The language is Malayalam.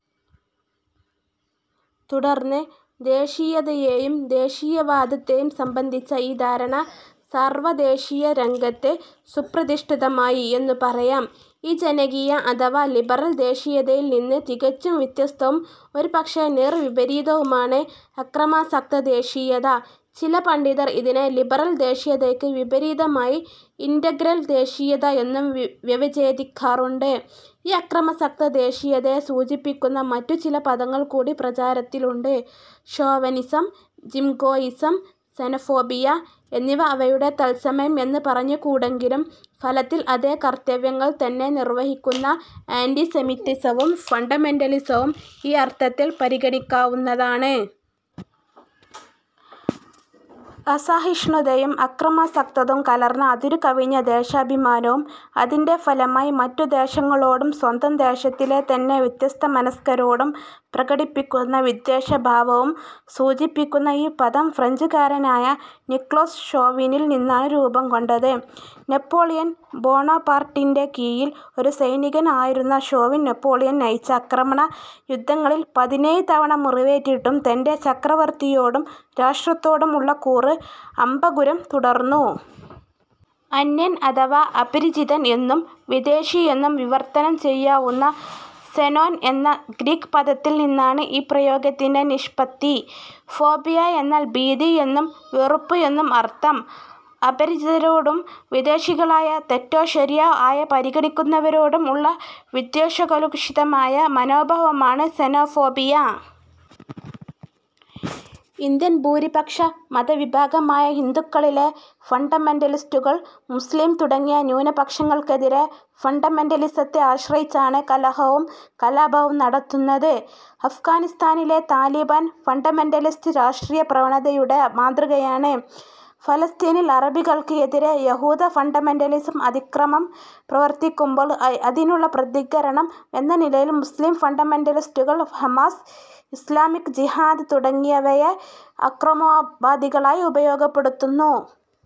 തുടർന്ന് ദേശീയതയേയും ദേശീയവാദത്തെയും സംബന്ധിച്ച ഈ ധാരണ സാർവദേശീയ രംഗത്ത് സുപ്രതിഷ്ഠിതമായി എന്നു പറായാം. ഈ ജനകീയ അഥവാ ലിബറൽ ദേശീയതയിൽ നിന്ന് തികച്ചും വ്യത്യസ്തവും ഒരുപക്ഷേ നേർവിപരീതവുമാണ് അക്രമാസക്തദേശീയത. ചില പണ്ഡിതർ ഇതിനെ ലിബറൽ ദേശീയതയ്ക്ക് വിപരീതമായി ഇന്റഗ്രൽ ദേശീയത എന്നും വ്യവഛേദിക്കാറുണ്ട്. ഈ അക്രമാസക്ത ദേശീയതയെ സൂചിപ്പിക്കുന്ന മറ്റുചില പദങ്ങൾകൂടി പ്രചാരത്തിലുണ്ട്: ഷോവിനിസം, ജിംഗോയിസം, സെനോഫോബിയ എന്നിവ അവയുടെ തൽസമം എന്ന് പറഞ്ഞുകൂടെങ്കിലും ഫലത്തിൽ അതേ കർത്തവ്യങ്ങൾ തന്നെ നിർവഹിക്കുന്ന ആന്റി സെമിറ്റിസവും ഫണ്ടമെന്റലിസവും ഈ അർത്ഥത്തിൽ പരിഗണിക്കാവുന്നതാണ്. അസഹിഷ്ണുതയും അക്രമാസക്തതയും കലർന്ന അതിരു കവിഞ്ഞ ദേശാഭിമാനവും അതിന്റെ ഫലമായി മറ്റു ദേശങ്ങളോടും സ്വന്തം ദേശത്തിലെ തന്നെ വ്യത്യസ്ത മനസ്ക്കരോടും പ്രകടിപ്പിക്കുന്ന വിദ്വേഷ ഭാവവും സൂചിപ്പിക്കുന്ന ഈ പദം ഫ്രഞ്ചുകാരനായ നിക്കോളാസ് ഷോവിനിൽ നിന്നാണ് രൂപംകൊണ്ടത്. നെപ്പോളിയൻ ബോണപ്പാർട്ടിന്റെ കീഴിൽ ഒരു സൈനികൻ ആയിരുന്ന ഷോവിൻ നെപ്പോളിയൻ നയിച്ച ആക്രമണ യുദ്ധങ്ങളിൽ പതിനേഴ് തവണ മുറിവേറ്റിട്ടും തന്റെ ചക്രവർത്തിയോടും രാഷ്ട്രത്തോടും ഉള്ള കൂറ് അഭംഗുരം തുടർന്നു. അന്യൻ അഥവാ അപരിചിതൻ എന്നും വിദേശി എന്നും വിവർത്തനം ചെയ്യാവുന്ന സെനോൻ എന്ന ഗ്രീക് പദത്തിൽ നിന്നാണ് ഈ പ്രയോഗത്തിന്റെ നിഷ്പത്തി. ഫോബിയ എന്നാൽ ഭീതി എന്നും വെറുപ്പ് എന്നും അർത്ഥം. അപരിചിതരോടും വിദേശികളായി തെറ്റോ ശരിയോ ആയി പരിഗണിക്കുന്നവരോടും ഉള്ള വിദ്വേഷകലുഷിതമായ മനോഭാവമാണ് സെനോഫോബിയ. ഇന്ത്യൻ ഭൂരിപക്ഷ മതവിഭാഗമായ ഹിന്ദുക്കളിലെ ഫണ്ടമെന്റലിസ്റ്റുകൾ മുസ്ലീം തുടങ്ങിയ ന്യൂനപക്ഷങ്ങൾക്കെതിരെ ഫണ്ടമെന്റലിസത്തെ ആശ്രയിച്ചാണ് കലഹവും കലാപവും നടത്തുന്നത്. അഫ്ഘാനിസ്താനിലെ താലിബാൻ, ഫണ്ടമെന്റലിസ്റ്റ് രാഷ്ട്രീയ പ്രവണതയുടെ മാതൃകയാണ്. പലസ്തീനിൽ അറബികൾക്ക് എതിരെ യഹൂദ ഫണ്ടമെന്റലിസം അതിക്രമം പ്രവർത്തിക്കുമ്പോൾ അതിനുള്ള പ്രതികരണം എന്ന നിലയിൽ മുസ്ളിം ഫണ്ടമെന്റലിസ്റ്റുകൾ ഹമാസ്, ഇസ്ളാമിക് ജിഹാദ് തുടങ്ങിയവയെ അക്രമോപാധികളായി ഉപയോഗപ്പെടുത്തുന്നു.